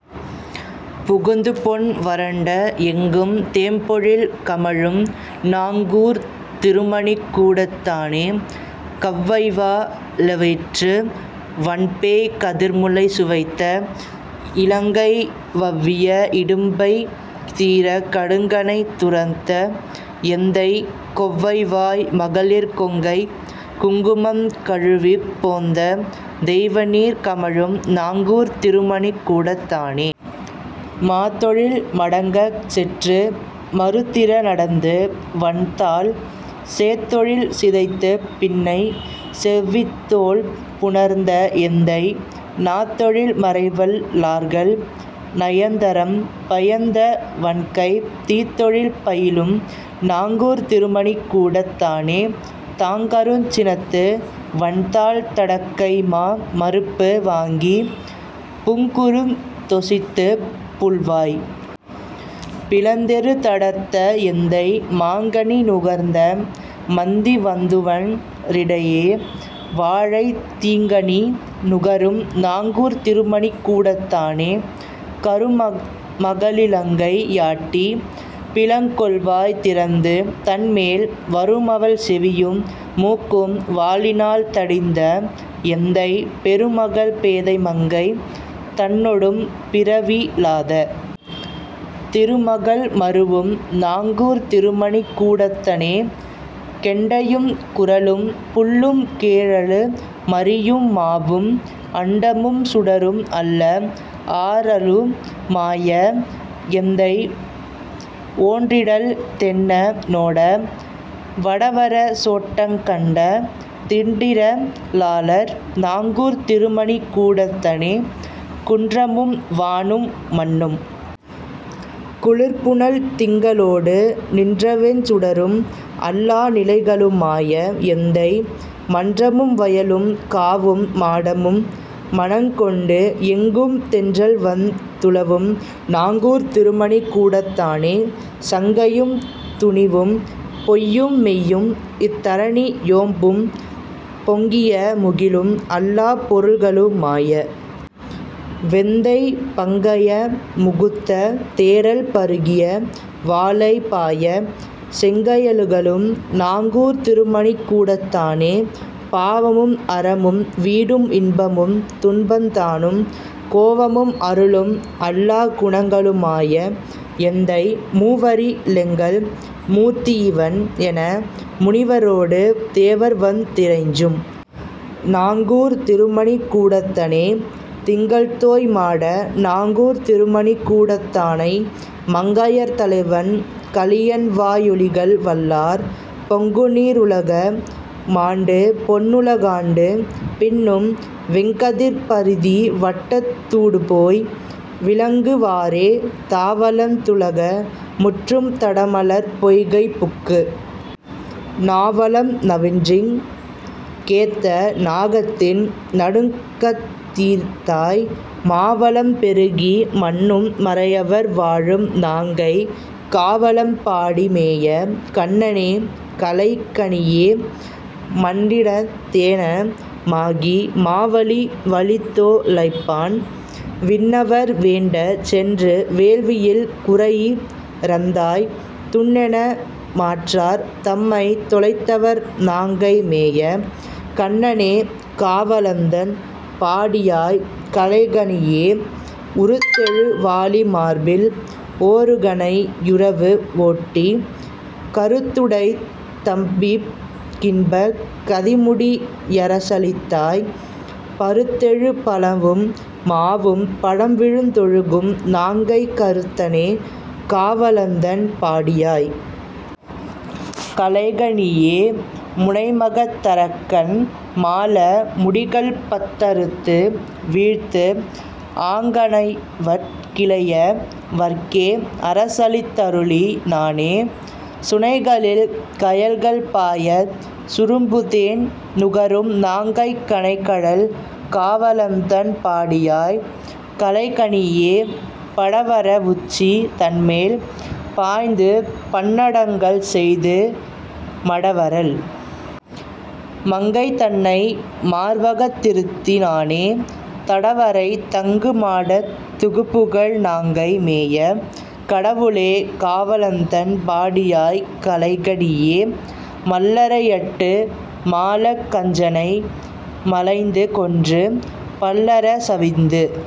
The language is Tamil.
புகுந்துபொன் வரண்ட, எங்கும் தேம்பொழில் கமழும் நாங்கூர்த் திருமணிக் கூடத் தானே கவ்வைவா ளெயிற்று வன்பேய்க் கதிர்முலை சுவைத்த, இ லங்கை வவ்விய இடும்பை தீரக் கடுங்கணை துரந்த எந்தை, கொவ்வைவாய் மகளிர் கொங்கைக் குங்குமம் கழுவிப் போந்த, தெய்வநீர் கமழும் நாங்கூர்த் திருமணிக் கூடத் தானே மாத்தொழில் மடங்கக் செற்று மறுதிற நடந்து வன்தாள் சேத்தொழில் சிதைத்துப் பின்னை செவ்வித்தோள் புணர்ந்த எந்தை, நாத்தொழில் மறைவல் லார்கள் நயந்தறம் பயந்த வண்கைத் தீத்தொழில் பயிலும் நாங்கூர்த் திருமணிக் கூடத் தானே தாங்கருஞ் சினத்து வன்தாள் தடக்கைமா மருப்பு வாங்கி, புக்குருந் தொசித்துப் புள்வாய் பிளந்தெரு தடர்த்த எந்தை, மாங்கனி நுகர்ந்த மந்தி வந்துவண் டிரிய வாழைத் தீங்கனி நுகரும் நாங்கூர்த் திருமணிக் கூடத் தானே கருமக ளிலங்கை யாட்டி பிலங்கொள்வாய் திறந்து தன்மேல் வருமவள் செவியும் மூக்கும் வாளினால் தடிந்த எந்தை, பெருமகள் பேதை மங்கை தன்னொடும் பிரவி லாத, திருமகள் மருவும் நாங்கூர்த் திருமணிக் கூடத் தனே கெண்டையும் குறளும் புள்ளும் கேழலு மரியும் மாவும், அண்டமும் சுடரும் அல்ல ஆறலு மாய எந்தை, ஓண்டிறல் தென்ன னோட வடவர சோட்டங் கண்ட, திண்டிற லாளர் நாங்கூர்த் திருமணிக் கூடத் தனே குன்றமும் வானும் மண்ணும் குளிர்புனல் திங்க ளோடு, நின்றவெஞ் சுடரும் அல்லா நிலைகளு மாய எந்தை, மன்றமும் வயலும் காவும் மாடமும் மணங்கொண்டு, எங்கும் தென்றல்வந் துலவும் நாங்கூர்த் திருமணிக் கூடத் தானே சங்கையும் துணிவும் பொய்யும் மெய்யும் இத் தரணி யோம்பும், பொங்கிய முகிலும் அல்லாப் பொருள்களு மாய வெந்தை, பங்கய முகுத்த தேறல் பருகிய வாளை பாய, செங்கய லுகளும் நாங்கூர்த் திருமணிக் கூடத் தானே பாவமும் அறமும் வீடும் இன்பமுந் துன்பந் தானும் கோவமும் அருளும் அல்லாக் குணங்களு மாய எந்தை, மூவரி லெங்கள் மூர்த்தி இவன், என முனிவரோடு, தேவர்வந் திறைஞ்சும் நாங்கூர்த் திருமணிக் கூடத் தனே திங்கள்தோய் மாட நாங்கூர்த் திருமணிக் கூடத் தானை மங்கையர் தலைவன் கலியன்வா யொலிகள் வல்லார், பொங்குநீ ருலக மாண்டு பொன்னுல காண்டு, பின்னும் வெங்கதிர்ப் பரிதி வட்டத் தூடுபோய் விளங்கு வாரே தாவளந் துலக முற்றும் தடமலர்ப் பொய்கை புக்கு, நாவளம் நவின்றிங் கேத்த நாகத்தின் நடுக்கந்தீர்த்தாய், மாவளம் பெருகி மன்னும் மறையவர் வாழும் நாங்கைக், காவளம் பாடி மேய கண்ணனே களைகணீயே மண்ணிடந் தேன மாகி மாவலி வலிதொ லைப்பான், விண்ணவர் வேண்டச் சென்று வேள்வியில் குறையி ரந்தாய் துண்ணென மாற்றார் தம்மைத் தொலைத்தவர் நாங்கை மேய, கண்ணனே காவ ளந்தண் பாடியாய் களைக ணீயே உருத்தெழு வாலி மார்வில் ஓருகணை யுருவ வோட்டி, கருத்துடைத் தம்பிக் கின்பக் கதிமுடி யரசளித்தாய், பருத்தெழு பலவும் மாவும் பழம்விழுந் தொழுகும் நாங்கைக் கருத்தனே காவ ளந்தண் பாடியாய். களைக ணீயே முனைமகத் தரக்கன் மாள முடிகள்பத் தறுத்து வீழ்த்து, ஆங் கனையவற் கிளைய வற்கே அரசளித் தருளி னானே, சுனைகளில் கயல்கள் பாயச் சுரும்புதேன் நுகரும் நாங்கைக், கனைகழல் காவ ளந்தண் பாடியாய். களைக ணீயே படவர வுச்சி தன்மேல் பாய்ந்துபன்னடங்கள் செய்து, மடவரல் மங்கை தன்னை மார்வகத் திருத்தி னானே, தடவரை தங்கு மாடத் தகுபுகழ் நாங்கை மேய, கடவுளே காவ ளந்தண் பாடியாய் களைக ணீயே மல்லரை யட்டு மாளக் கஞ்சனை மலைந்து கொன்று, பல்லர சவிந்து